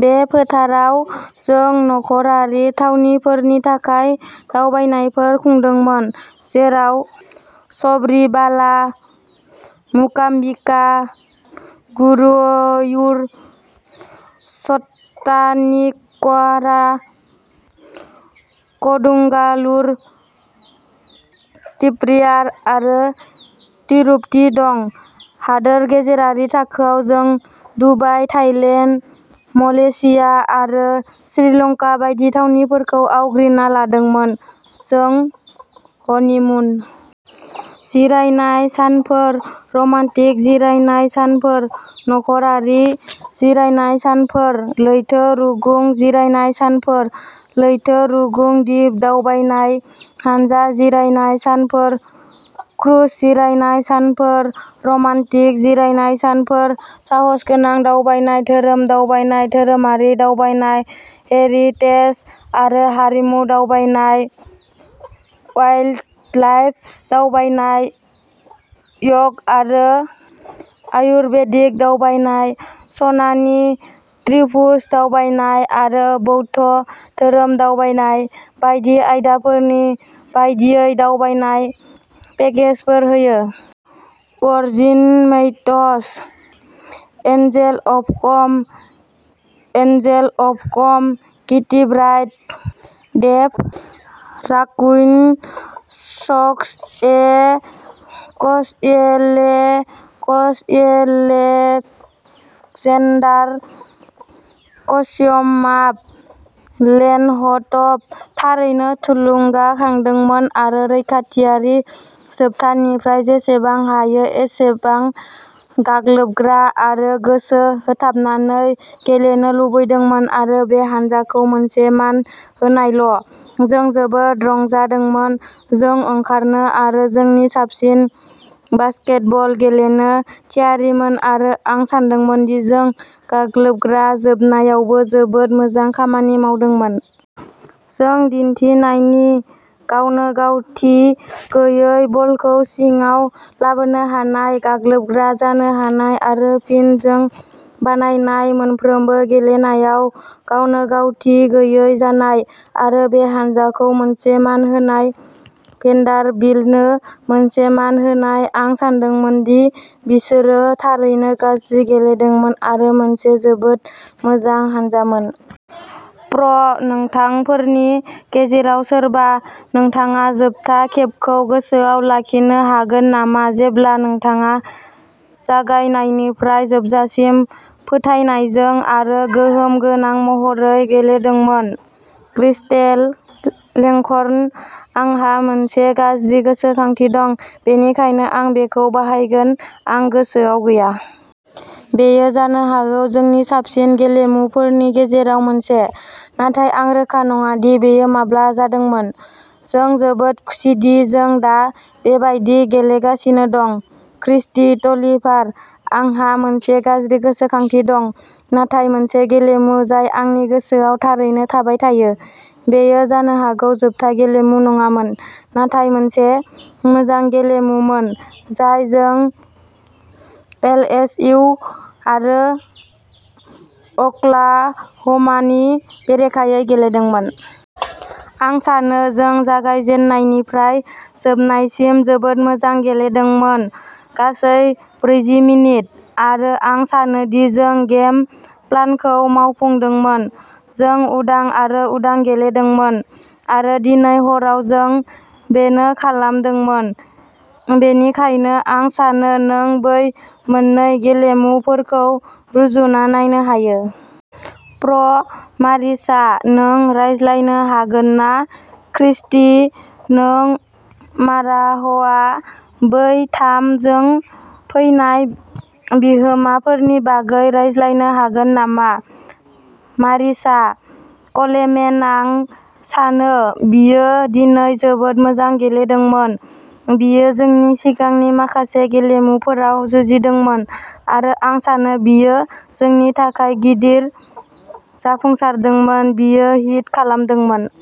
बे फोथाराव, जों नखरारि थावनिफोरनि थाखाय दावबायनायफोर खुंदोंमोन, जेराव शबरीबाला, मुकाम्बिका, गुरुवयुर, च'ट्टानिककारा, क'डुंगालुर, त्रिप्रियार आरो थिरुपथि दं। हादोर गेजेरारि थाखोआव, जों दुबाइ, थाइलेन्ड, मलेशिया आरो श्रीलंका बायदि थावनिफोरखौ आवग्रिना लादोंमोन। जों हनिमुन जिरायनाय सानफोर, रमान्टिक जिरायनाय सानफोर, नखरारि जिरायनाय सानफोर, लैथो रुगुं जिरायनाय सानफोर, लैथो रुगुं दिप दावबायनाय, हानजा जिरायनाय सानफोर, क्रुज जिरायनाय सानफोर, रमान्टिक जिरायनाय सानफोर, साहसगोनां दावबायनाय, धोरोम दावबायनाय धोरोमारि दावबायनाय, हेरिटेज आरो हारिमु दावबायनाय, वाइल्डलाइफ दावबायनाय, य'ग आरो आयुर्बेदिक दावबायनाय, सनानि त्रिभुज दावबायनाय आरो बौद्ध धोरोम दावबायनाय बायदि आयदाफोरनि बायदियै दावबायनाय पेकेजफोर होयो। वर्जिनमेइट्स। एन्जेलअफकम एन्जेलअफकम किटिब्राइट डेभ'राकुइन्टसक्सएक्सएलेक्सएलेक्जेन्डारक्सइमाब्लेनह'टब थारैनो थुलुंगाखांदोंमोन आरो रैखाथियारि जोबथानिफ्राय जेसेबां हायो एसेबां गाग्लोबग्रा आरो गोसो होथाबनानै गेलेनो लुबैदोंमोन। आरो बे हान्जाखौ मोनसे मान होनायल'। जों जोबोद रंजादोंमोन। जों ओंखारनो आरो जोंनि साबसिन बास्केटबल गेलेनो थियारिमोन, आरो आं सानदोंमोन दि जों गाग्लोबग्रा जोबनायावबो जोबोद मोजां खामानि मावदोंमोन। जों दिन्थिनायनि गावनोगावथि गैयै, बलखौ सिङाव लाबोनो हानाय, गाग्लोबग्रा जानो हानाय आरो फिन जों बानायनाय मोनफ्रोमबो गेलेनायाव गावनोगावथि गैयै जानाय। आरो बे हान्जाखौ मोनसे मान होनाय, भेन्डारबिल्टनो मोनसे मान होनाय, आं सानदोंमोन दि बिसोरो थारैनो गाज्रि गेलेदोंमोन आरो मोनसे जोबोद मोजां हानजामोन। प्र नोंथांफोरनि गेजेराव सोरबा, नोंथाङा जोबथा खेबखौ गोसोआव लाखिनो हागोन नामा जेब्ला नोंथाङा जागायनायनिफ्राय जोबजासिम फोथायनायजों आरो गोहोम गोनां महरै गेलेदोंमोन? क्रिस्टेल लेंघर्न आंहा मोनसे गाज्रि गोसोखांथि दं, बेनिखायनो आं बेखौ बाहायगोन। आं गोसोआव गैया। बेयो जानो हागौ जोंनि साबसिन गेलेमुफोरनि गेजेराव मोनसे, नाथाय आं रोखा नङा दि बेयो माब्ला जादोंमोन। जों जोबोद खुसिदि जों दा बेबायदि गेलेगासिनो दं। क्रिस्टि टलिभारः आंहा मोनसे गाज्रि गोसोखांथि दं। नाथाय मोनसे गेलेमु जाय आंनि गोसोआव थारैनो थाबाय थायो, बेयो जानो हागौ जोबथा गेलेमु नङामोन नाथाय मोनसे मोजां गेलेमुमोन जाय जों एलएसइउ आरो अक्लाह'मानि बेरेखायै गेलेदोंमोन। आं सानो जों जागायजेन्नायनिफ्राय जोबनायसिम जोबोद मोजां गेलेदोंमोन, गासै ब्रैजि मिनिट। आरो आं सानोदि जों गेम प्लानखौ मावफुंदोंमोन। जों उदां आरो उदां गेलेदोंमोन, आरो दिनै हराव जों बेनो खालामदोंमोन। बेनिखायनो आं सानो नों बै मोन्नै गेलेमुफोरखौ रुजुना नायनो हायो। प्र मारिसा, नों रायज्लायनो हागोन ना क्रिस्टि, नों माराहआ बै थाम जों फैनाय बिहोमाफोरनि बागै रायज्लायनो हागोन नामा? मारिसा कलेमेन आं सानो बियो दिनै जोबोद मोजां गेलेदोंमोन। बियो जोंनि सिगांनि माखासे गेलेमुफोराव जुजिदोंमोन आरो आं सानो बियो जोंनि थाखाय गिदिर जाफुंसारदोंमोन। बियो हिट खालामदोंमोन।